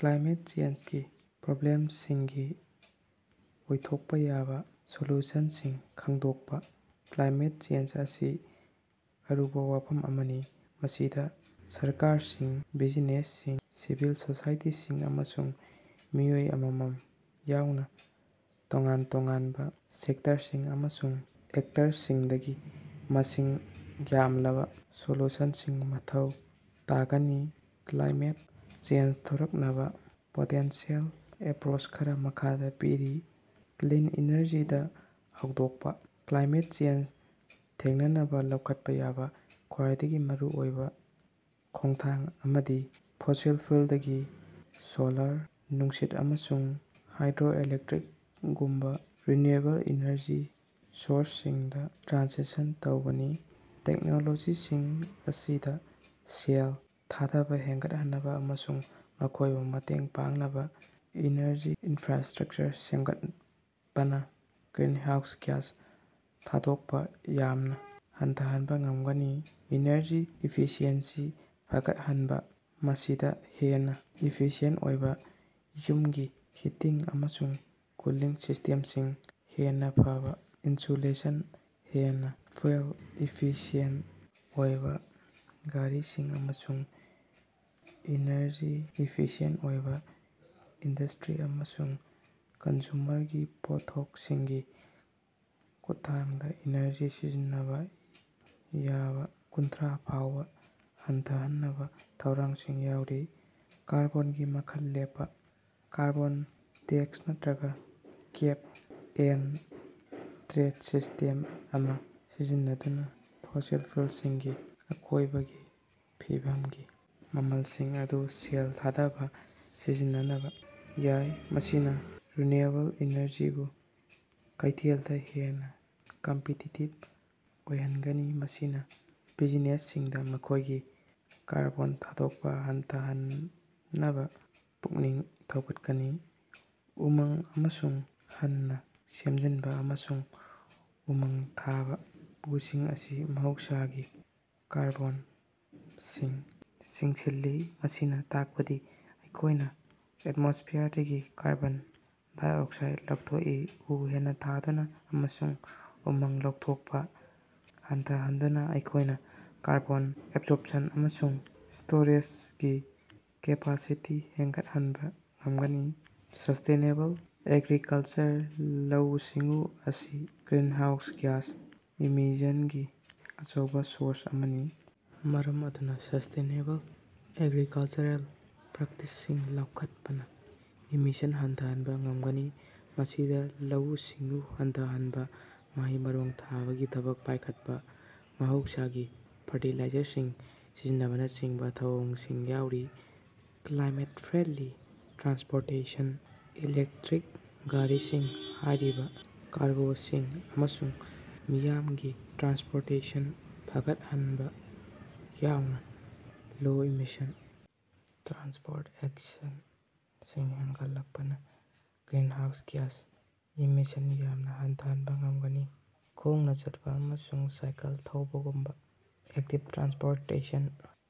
Climate ꯆꯦꯟꯖꯀꯤ ꯄ꯭ꯔꯣꯕ꯭ꯂꯦꯝꯁꯤꯡꯒꯤ ꯑꯣꯏꯊꯣꯛꯄ ꯌꯥꯕ ꯁꯣꯂ꯭ꯌꯨꯁꯟꯁꯤꯡ ꯈꯪꯗꯣꯛꯄ- ꯀ꯭ꯂꯥꯏꯃꯦꯠ ꯆꯦꯟꯖ ꯑꯁꯤ ꯑꯔꯨꯕ ꯋꯥꯐꯝ ꯑꯃꯅꯤ꯫ ꯃꯁꯤꯗ ꯁꯔꯀꯥꯔꯁꯤꯡ, ꯕꯤꯖꯤꯅꯦꯁꯁꯤꯡ, ꯁꯤꯚꯤꯜ ꯁꯣꯁꯥꯏꯇꯤꯁꯤꯡ, ꯑꯃꯁꯨꯡ ꯃꯤꯑꯣꯏ ꯑꯃꯃꯝ ꯌꯥꯎꯅ ꯇꯣꯉꯥꯟ -ꯇꯣꯉꯥꯟꯕ ꯁꯦꯛꯇꯔꯁꯤꯡ ꯑꯃꯁꯨꯡ ꯑꯦꯛꯇꯔꯁꯤꯡꯗꯒꯤ ꯃꯁꯤꯡ ꯌꯥꯝꯂꯕ ꯁꯣꯂ꯭ꯌꯨꯁꯟꯁꯤꯡ ꯃꯊꯧ ꯇꯥꯒꯅꯤ꯫ ꯀ꯭ꯂꯥꯏꯃꯦꯠ ꯆꯦꯟꯖ ꯊ‌ꯣꯔꯛꯅꯕ ꯄꯣꯇꯦꯟꯁꯤꯑꯦꯜ ꯑꯦꯄ꯭ꯔꯣꯆ ꯈꯔ ꯃꯈꯥꯗ ꯄꯤꯔꯤ:- ꯀ꯭ꯂꯤꯟ ꯏꯅꯔꯖꯤꯗ ꯍꯣꯡꯗꯣꯛꯄ: ꯀ꯭ꯂꯥꯏꯃꯦꯠ ꯆꯦꯟꯖ ꯊꯦꯡꯅꯅꯕ ꯂꯧꯈꯠꯄ ꯌꯥꯕ ꯈ꯭ꯋꯥꯏꯗꯒꯤ ꯃꯔꯨꯑꯣꯏꯕ ꯈꯣꯡꯊꯥꯡ ꯑꯃꯗꯤ ꯐꯣꯁꯤꯜ ꯐꯨꯑꯦꯜꯗꯒꯤ ꯁꯣꯂꯔ, ꯅꯨꯡꯁꯤꯠ, ꯑꯃꯁꯨꯡ ꯍꯥꯏꯗ꯭ꯔꯣ-ꯏꯂꯦꯛꯇ꯭ꯔꯤꯛꯒꯨꯝꯕ ꯔꯤꯅ꯭ꯌꯨꯑꯦꯕꯜ ꯏꯅꯔꯖꯤ ꯁꯣꯔꯁꯁꯤꯡꯗ ꯇ꯭ꯔꯥꯟꯁꯤꯁꯟ ꯇꯧꯕꯅꯤ꯫ ꯇꯦꯛꯅꯣꯂꯣꯖꯤꯁꯤꯡ ꯑꯁꯤꯗ ꯁꯦꯜ ꯊꯥꯗꯕ ꯍꯦꯟꯒꯠꯍꯟꯕ ꯑꯃꯁꯨꯡ ꯃꯈꯣꯏꯕꯨ ꯃꯇꯦꯡ ꯄꯥꯡꯅꯕ ꯏꯅꯔꯖꯤ ꯏꯟꯐ꯭ꯔꯥꯁꯇ꯭ꯔꯛꯆꯔ ꯁꯦꯝꯒꯠꯄꯅ ꯒ꯭ꯔꯤꯟꯍꯥꯎꯁ ꯒ꯭ꯌꯥꯁ ꯊꯥꯗꯣꯛꯄ ꯌꯥꯝꯅ ꯍꯟꯊꯍꯟꯕ ꯉꯝꯒꯅꯤ꯫ ꯏꯅꯔꯖꯤ ꯏꯐꯤꯁꯤꯑꯦꯟꯁꯤ ꯐꯒꯠꯍꯟꯕ: ꯃꯁꯤꯗ ꯍꯦꯟꯅ ꯏꯐꯤꯁꯤꯌꯦꯟꯇ ꯑꯣꯏꯕ ꯌꯨꯝꯒꯤ ꯍꯤꯇꯤꯡ ꯑꯃꯁꯨꯡ ꯀꯨꯂꯤꯡ ꯁꯤꯁꯇꯦꯝꯁꯤꯡ, ꯍꯦꯟꯅ ꯐꯕ ꯏꯟꯁꯨꯂꯦꯁꯟ, ꯍꯦꯟꯅ ꯐꯨꯑꯦꯜ ꯏꯐꯤꯁꯤꯑꯦꯟꯇ ꯑꯣꯏꯕ ꯒꯥꯔꯤꯁꯤꯡ, ꯑꯃꯁꯨꯡ ꯏꯅꯔꯖꯤ ꯏꯐꯤꯁꯤꯌꯦꯟꯇ ꯑꯣꯏꯕ ꯏꯟꯗꯁꯇ꯭ꯔꯤ ꯑꯃꯁꯨꯡ ꯀꯟꯖꯨꯃꯔꯒꯤ ꯄꯣꯠꯊꯣꯛꯁꯤꯡꯒꯤ ꯈꯨꯠꯊꯥꯡꯗ ꯏꯅꯔꯖꯤ ꯁꯤꯖꯤꯟꯅꯕ ꯌꯥꯕ ꯀꯨꯟꯊ꯭ꯔꯥ ꯐꯥꯎꯕ ꯍꯟꯊꯍꯟꯅꯕ ꯊꯧꯔꯥꯡꯁꯤꯡ ꯌꯥꯎꯔꯤ꯫ ꯀꯥꯔꯕꯣꯟꯒꯤ ꯃꯃꯜ ꯂꯦꯞꯄ: ꯀꯥꯔꯕꯣꯟ ꯇꯦꯛꯁ ꯅꯠꯇ꯭ꯔꯒ ꯀꯦꯞ-ꯑꯦꯟꯗ-ꯇ꯭ꯔꯦꯗ ꯁꯤꯁ꯭ꯇꯦꯝ ꯑꯃ ꯁꯤꯖꯤꯟꯅꯗꯨꯅ ꯐꯣꯁꯤꯜ ꯐꯨꯑꯦꯜꯁꯤꯡꯒꯤ ꯑꯀꯣꯏꯕꯒꯤ ꯐꯤꯕꯝꯒꯤ ꯃꯃꯜꯁꯤꯡ ꯑꯗꯨ ꯁꯦꯜ ꯊꯥꯗꯕ ꯁꯤꯖꯤꯟꯅꯕ ꯌꯥꯏ꯫ ꯃꯁꯤꯅ ꯔꯤꯅꯤꯌꯨꯑꯦꯕꯜ ꯏꯅꯔꯖꯤꯕꯨ ꯀꯩꯊꯦꯜꯗ ꯍꯦꯟꯅ ꯀꯝꯄꯤꯇꯤꯇꯤꯚ ꯑꯣꯏꯍꯟꯒꯅꯤ꯫ ꯃꯁꯤꯅ ꯕꯤꯖꯤꯅꯦꯁꯁꯤꯡꯗ ꯃꯈꯣꯏꯒꯤ ꯀꯥꯔꯕꯣꯟ ꯊꯥꯗꯣꯛꯄ ꯍꯟꯊꯍꯟꯅꯕ ꯄꯨꯛꯅꯤꯡ ꯊꯧꯒꯠꯀꯅꯤ꯫ ꯎꯃꯪ ꯑꯃꯨꯛ ꯍꯟꯅ ꯁꯦꯝꯖꯤꯟꯕ ꯑꯃꯁꯨꯡ ꯎꯃꯪ ꯊꯥꯕ: ꯎꯁꯤꯡ ꯑꯁꯤ ꯃꯍꯧꯁꯥꯒꯤ ꯀꯥꯔꯕꯣꯟ ꯁꯤꯡ ꯆꯤꯡꯁꯤꯜꯂꯤ꯫ ꯑꯁꯤꯅ ꯇꯥꯛꯄꯗꯤ ꯑꯈꯣꯏꯅ ꯑꯦꯠꯃꯣꯁꯐꯤꯌꯔꯗꯒꯤ ꯀꯥꯔꯕꯣꯟ -ꯗꯥꯏꯑꯣꯛꯁꯥꯏꯗ ꯂꯧꯊꯣꯛꯏ꯫ ꯎ ꯍꯦꯟꯅ ꯊꯥꯗꯨꯅ ꯑꯃꯁꯨꯡ ꯎꯃꯪ ꯂꯧꯊꯣꯛꯄ ꯍꯟꯊꯍꯟꯗꯨꯅ ꯑꯩꯈꯣꯏꯅ ꯀꯥꯔꯕꯣꯟ ꯑꯦꯕꯖꯣꯔꯞꯁꯟ ꯑꯃꯁꯨꯡ ꯁ꯭ꯇꯣꯔꯦꯖꯒꯤ ꯀꯦꯄꯥꯁꯤꯇꯤ ꯍꯦꯟꯒꯠꯍꯟꯕ ꯉꯝꯒꯅꯤ꯫ ꯁꯁꯇꯦꯅꯦꯕꯜ ꯑꯦꯒ꯭ꯔꯤꯀꯜꯆꯔ: ꯂꯧꯎ-ꯁꯤꯡꯎ ꯑꯁꯤ ꯒ꯭ꯔꯤꯟꯍꯥꯎꯁ ꯒ꯭ꯌꯥꯁ ꯏꯃꯤꯁꯟꯒꯤ ꯑꯆꯧꯕ ꯁꯣꯔꯁ ꯑꯃꯅꯤ꯫ ꯃꯔꯝ ꯑꯗꯨꯅ ꯁꯁꯇꯦꯅꯦꯕꯜ ꯑꯦꯒ꯭ꯔꯤꯀꯜꯆꯔꯦꯜ ꯄ꯭ꯔꯦꯛꯇꯤꯁꯁꯤꯡ ꯂꯧꯈꯠꯄꯅ ꯏꯃꯤꯁꯟ ꯍꯟꯊꯍꯟꯕ ꯉꯝꯒꯅꯤ꯫ ꯃꯁꯤꯗ ꯂꯧꯎ-ꯁꯤꯡꯎ ꯍꯟꯊꯍꯟꯕ, ꯃꯍꯩ-ꯃꯔꯣꯡ ꯊꯥꯕꯒꯤ ꯊꯕꯛ ꯄꯥꯏꯈꯠꯄ, ꯃꯍꯧꯁꯥꯒꯤ ꯐꯔꯇꯤꯂꯥꯏꯖꯔꯁꯤꯡ ꯁꯤꯖꯤꯟꯅꯕꯅꯆꯤꯡꯕ ꯊꯧꯑꯣꯡꯁꯤꯡ ꯌꯥꯎꯔꯤ꯫ ꯀ꯭ꯂꯥꯏꯃꯦꯠ-ꯐ꯭ꯔꯦꯟꯗ꯭ꯂꯤ ꯇ꯭ꯔꯥꯟꯁꯄꯣꯔꯇꯦꯁꯟ: ꯏꯂꯦꯛꯇ꯭ꯔꯤꯛ ꯒꯥꯔꯤꯁꯤꯡ, ꯍꯥꯏꯕ꯭ꯔꯤꯗ ꯀꯥꯔꯒꯣꯁꯤꯡ, ꯑꯃꯁꯨꯡ ꯃꯤꯌꯥꯝꯒꯤ ꯇ꯭ꯔꯥꯟꯁꯄꯣꯔꯇꯦꯁꯟ ꯐꯒꯠꯍꯟꯕ ꯌꯥꯎꯅ ꯂꯣ-ꯏꯃꯤꯁꯟ ꯇ꯭ꯔꯥꯟꯁꯄꯣꯔꯠ ꯑꯣꯞꯁꯟꯁꯤꯡ ꯍꯦꯟꯒꯠꯂꯛꯄꯅ ꯒ꯭ꯔꯤꯟꯍꯥꯎꯁ ꯒ꯭ꯌꯥꯁ ꯏꯃꯤꯁꯟ ꯌꯥꯝꯅ ꯍꯟꯊꯍꯟꯕ ꯉꯝꯒꯅꯤ꯫ ꯈꯣꯡꯅ ꯆꯠꯄ ꯑꯃꯁꯨꯡ ꯁꯥꯏꯀꯜ ꯊꯧꯕꯒꯨꯝꯕ ꯑꯦꯛꯇꯤꯚ ꯇ꯭ꯔꯥꯟꯁꯄꯣꯔꯇꯦꯁꯟ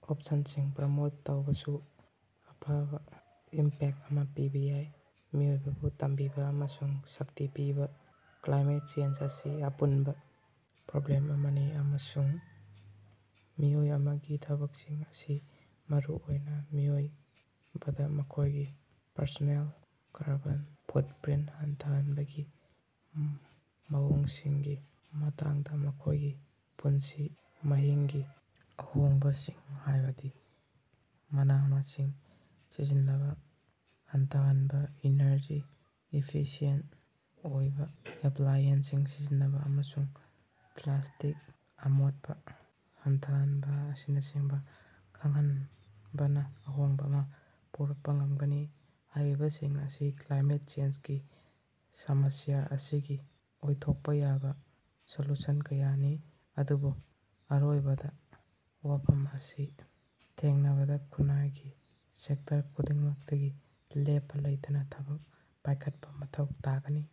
ꯑꯣꯞꯁꯟꯁꯤꯡ ꯄ꯭ꯔꯃꯣꯠ ꯇꯧꯕꯁꯨ ꯑꯐꯕ ꯏꯝꯄꯦꯛꯇ ꯑꯃ ꯄꯤꯕ ꯌꯥꯏ꯫ ꯃꯤꯑꯣꯏꯕꯕꯨ ꯇꯝꯕꯤꯕ ꯑꯃꯁꯨꯡ ꯁꯛꯇꯤ ꯄꯤꯕ: ꯀ꯭ꯂꯥꯏꯃꯦꯠ ꯆꯦꯟꯖ ꯑꯁꯤ ꯑꯄꯨꯟꯕ ꯄ꯭ꯔꯣꯕ꯭ꯂꯦꯝ ꯑꯃꯅꯤ ꯑꯃꯁꯨꯡ ꯃꯤꯑꯣꯏ ꯑꯃꯒꯤ ꯊꯕꯛꯁꯤꯡ ꯑꯁꯤ ꯃꯔꯨ ꯑꯣꯏ꯫ ꯃꯤꯑꯣꯏꯕꯗ ꯃꯈꯣꯏꯒꯤ ꯄꯔꯁꯣꯅꯦꯜ ꯀꯥꯔꯕꯣꯟ ꯐꯨꯠꯄ꯭ꯔꯤꯟꯇ ꯍꯟꯊꯍꯟꯕꯒꯤ ꯃꯑꯣꯡꯁꯤꯡꯒꯤ ꯃꯇꯥꯡꯗ ꯃꯈꯣꯏꯒꯤ ꯄꯨꯟꯁꯤ ꯃꯍꯤꯡꯒꯤ ꯑꯍꯣꯡꯕꯁꯤꯡ ꯍꯥꯏꯕꯗꯤ ꯃꯅꯥ-ꯃꯁꯤꯡ ꯁꯤꯖꯤꯟꯅꯕ ꯍꯟꯊꯍꯟꯕ, ꯏꯅꯔꯖꯤ ꯏꯐꯤꯁꯤꯌꯦꯟꯇ ꯑꯣꯏꯕ ꯑꯦꯄ꯭ꯂꯥꯏꯑꯦꯟꯁꯁꯤꯡ ꯁꯤꯖꯤꯟꯅꯕ, ꯑꯃꯁꯨꯡ ꯄ꯭ꯂꯥꯁꯇꯤꯛ ꯑꯃꯣꯠꯄ ꯍꯟꯊꯍꯟꯕ ꯑꯁꯤꯅꯆꯤꯡꯕ ꯈꯪꯍꯟꯕꯅ ꯑꯍꯣꯡꯕ ꯑꯃ ꯄꯨꯔꯛꯄ ꯉꯝꯒꯅꯤ꯫ ꯍꯥꯏꯔꯤꯕꯁꯤꯡ ꯑꯁꯤ ꯀ꯭ꯂꯥꯏꯃꯦꯠ ꯆꯦꯟꯖꯀꯤ ꯁꯃꯁ꯭ꯌꯥ ꯑꯁꯤꯒꯤ ꯑꯣꯏꯊꯣꯛꯄ ꯌꯥꯕ ꯁꯣꯂ꯭ꯌꯨꯁꯟ ꯀꯌꯥꯅꯤ꯫ ꯑꯗꯨꯕꯨ ꯑꯔꯣꯏꯕꯗ, ꯋꯥꯐꯝ ꯑꯁꯤ ꯊꯦꯡꯅꯕꯗ ꯈꯨꯟꯅꯥꯏꯒꯤ ꯁꯦꯛꯇꯔ ꯈꯨꯗꯤꯡꯃꯛꯇꯒꯤ ꯂꯦꯞꯄ ꯂꯩꯇꯅ ꯊꯕꯛ ꯄꯥꯏꯈꯠꯄ ꯃꯊꯧ ꯇꯥꯒꯅꯤ꯫